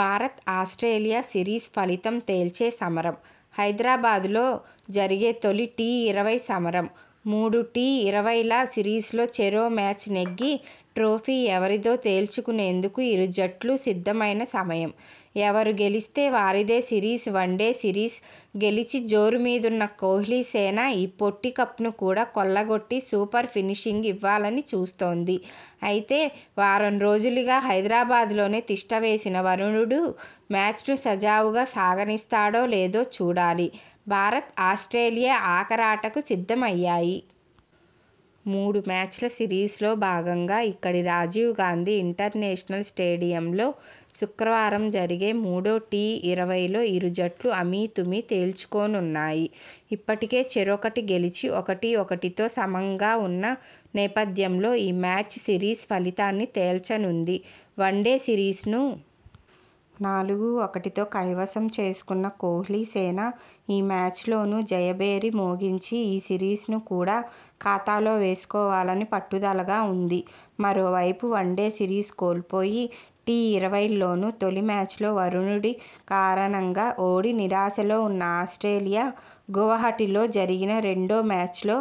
Bharat Australia series ఫలితం తేల్చే సమరం! హైదరాబాద్లో జరిగే తొలి టీ ఇరవై సమరం! మూడు టీ ఇరవైల సిరీస్లో చెరో మ్యాచ్ నెగ్గి ట్రోఫీ ఎవరిదో తేల్చుకునేందుకు ఇరు జట్లూ సిద్ధమైన సమయం ఎవరు గెలిస్తే వారిదే సిరీస్ వన్డే సిరీస్ గెలిచి జోరు మీదున్న కోహ్లీ సేన ఈ పొట్టి కప్ను కూడా కొల్లగొట్టి సూపర్ ఫినిషింగ్ ఇవ్వాలని చూస్తోంది అయితే వారం రోజులుగా హైదరాబాద్లోనే తిష్టవేసిన వరుణుడు మ్యాచ్ను సజావుగా సాగనిస్తాడో లేదో చూడాలి భారత్ ఆస్ట్రేలియా ఆఖరాటకు సిద్ధమయ్యాయి. మూడు మ్యాచ్ల సిరీస్లో భాగంగా ఇక్కడి రాజీవ్ గాంధీ ఇంటర్నేషనల్ స్టేడియంలో శుక్రవారం జరిగే మూడో టీ ఇరవైలో ఇరు జట్లూ అమీతుమీ తేల్చుకోనున్నాయి ఇప్పటికే చెరొకటి గెలిచి ఒకటి ఒకటితో సమంగా ఉన్న నేపథ్యంలో ఈ మ్యాచ్ సిరీస్ ఫలితాన్ని తేల్చనుంది వన్డే సిరీస్ను నాలుగు ఒకటితో కైవసం చేసు కున్న కోహ్లీ సేన ఈ మ్యాచ్లోనూ జయ భేరి మోగించి ఈ సిరీస్ను కూడా ఖాతాలో వేసు కోవాలని పట్టుదలగా ఉంది మరోవైపు వన్డే సిరీస్ కోల్పోయి టీ ఇరవైల్లోనూ తొలి మ్యాచ్లో వరుణుడి కారణంగా ఓడి నిరాశలో ఉన్న ఆస్ట్రేలియా గువహటిలో జరిగిన రెండో మ్యాచ్లో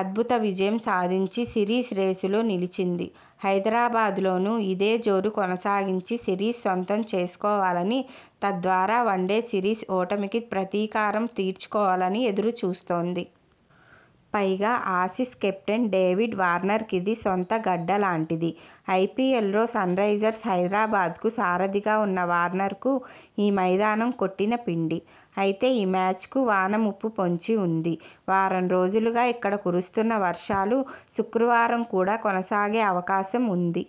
అద్భుత విజయం సాధించి సిరీస్ రేసులో నిలిచింది హైదరాబాద్లోనూ ఇదే జోరు కొనసాగించి సిరీస్ సొంతం చేసుకోవాలని తద్వారా వన్డే సిరీస్ ఓటమికి ప్రతీకారం తీర్చుకోవాలని ఎదురు చూస్తోంది. పైగా ఆసీస్ కెప్టెన్ డేవిడ్ వార్నర్కిది సొంత గడ్డలాంటిది. ఐపీఎల్లో సన్రైజర్స్ హైదరాబాద్కు సారధిగా ఉన్న వార్నర్కు ఈ మైదానం కొట్టిన పిండి. అయితే ఈ మ్యాచ్కు వాన ముప్పు పొంచి ఉంది. వారం రోజులుగా ఇక్కడ కురుస్తున్న వర్షాలు శుక్రవారం కూడా కొనసాగే అవకాశం ఉంది.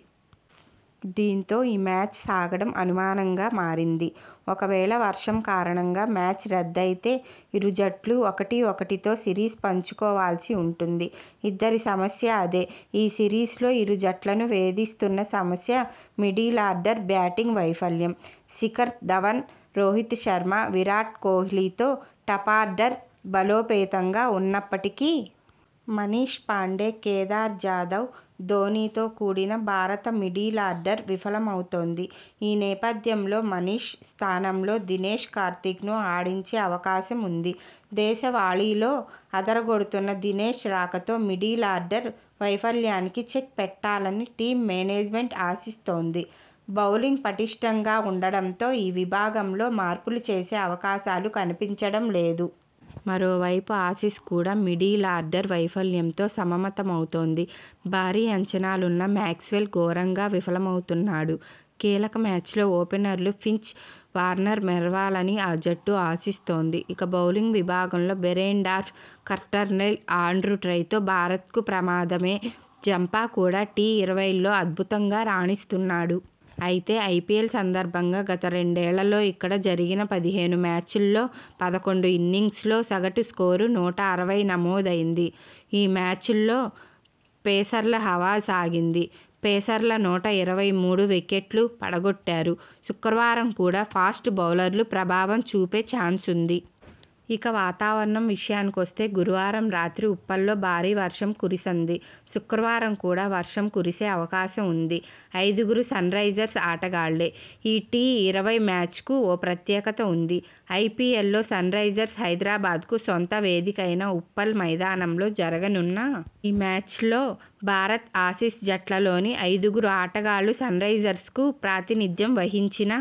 దీంతో ఈ మ్యాచ్ సాగడం అనుమానంగా మారింది. ఒకవేళ వర్షం కారణంగా మ్యాచ్ రద్దయితే ఇరు జట్లూ ఒకటి ఒకటితో సిరీస్ పంచుకోవాల్సి ఉంటుంది. ఇద్దరి సమస్య అదే ఈ సిరీస్లో ఇరు జట్లనూ వేధిస్తున్న సమస్య మిడిలార్డర్ బ్యాటింగ్ వైఫల్యం. శిఖర్ ధవన్, రోహిత్ శర్మ, విరాట్ కోహ్లీతో టాపార్డర్ బలోపేతంగా ఉన్న ప్పటికీ.. మనీష్ పాండే, కేదార్ జాదవ్, ధోనీతో కూడిన భారత మిడిలార్డర్ విఫలమవుతోంది. ఈ నేపథ్యంలో మనీష్ స్థానంలో దినేష్ కార్తీక్ ను ఆడించే అవకాశం ఉంది. దేశ వాళీల్లో అదర గొడుతున్న దినేష్ రాకతో మిడిలార్డర్ వైఫల్యానికి చెక్ పెట్టాలని టీమ్ మేనేజ్మెంట్ ఆశిస్తోంధి బౌలింగ్ పటిష్టంగా ఉండడంతో ఈ విభాగంలో మార్పులు చేసే అవకాశాలు కనిపించడం లేదు. మరోవైపు ఆసీస్ కూడా మిడిలార్డర్ వైఫల్యంతో సమమతమవుతోంది. భారీ అంచనాలున్న మాక్స్వెల్ ఘోరంగా విఫలమవుతున్నాడు. కీలక మ్యాచ్లో ఓపెనర్లు ఫించ్, వార్నర్ మెరవాలని ఆ జట్టు ఆశిస్తోంది. ఇక బౌలింగ్ విభాగంలో బెరెండార్ఫ్, కల్టర్నైల్, ఆండ్రూ టైతో భారత్కు ప్రమాదమే. జంపా కూడా టీ ఇరవైల్లో అద్భుతంగా రాణిస్తున్నాడు. అయితే ఐపీఎల్ సందర్భంగా గత రెండేళ్లలో ఇక్క డ జరిగిన పదిహేను మ్యాచ్ల్లో పదకొండు ఇన్నింగ్స్ లో సగటు స్కోరు నూట అరవైగా నమోదైంది. ఈ మ్యాచ్ల్లో పేసర్ల హవా సాగింది. పేసర్లు నూట ఇరవై మూడు వికెట్లు పడగొట్టారు. శుక్రవారం కూడా ఫాస్ట్ బౌలర్లు ప్రభావం చూపే చాన్సుంది. ఇక వాతావరణం విషయానికొస్తే గురువారం రాత్రి ఉప్పల్లో భారీ వర్షం కురిసంది. శుక్రవారం కూడా వర్షం కురిసే అవకాశం ఉంది. ఐదుగురు సన్రైజర్స్ ఆటగాళ్లే! ఈ టీఇరవై మ్యాచ్కు ఓ ప్రత్యేకత ఉంది. ఐపీఎల్లో సన్రైజర్స్ హైద రాబాద్కు సొంత వేదికైన ఉప్పల్ మైదానంలో జరుగనున్న ఈ మ్యా చ్లో భారత్, ఆసీస్ జట్లలోని ఐదు గురు ఆటగాళ్లు సన్రైజర్స్కు ప్రాతినిధ్యం వహించిన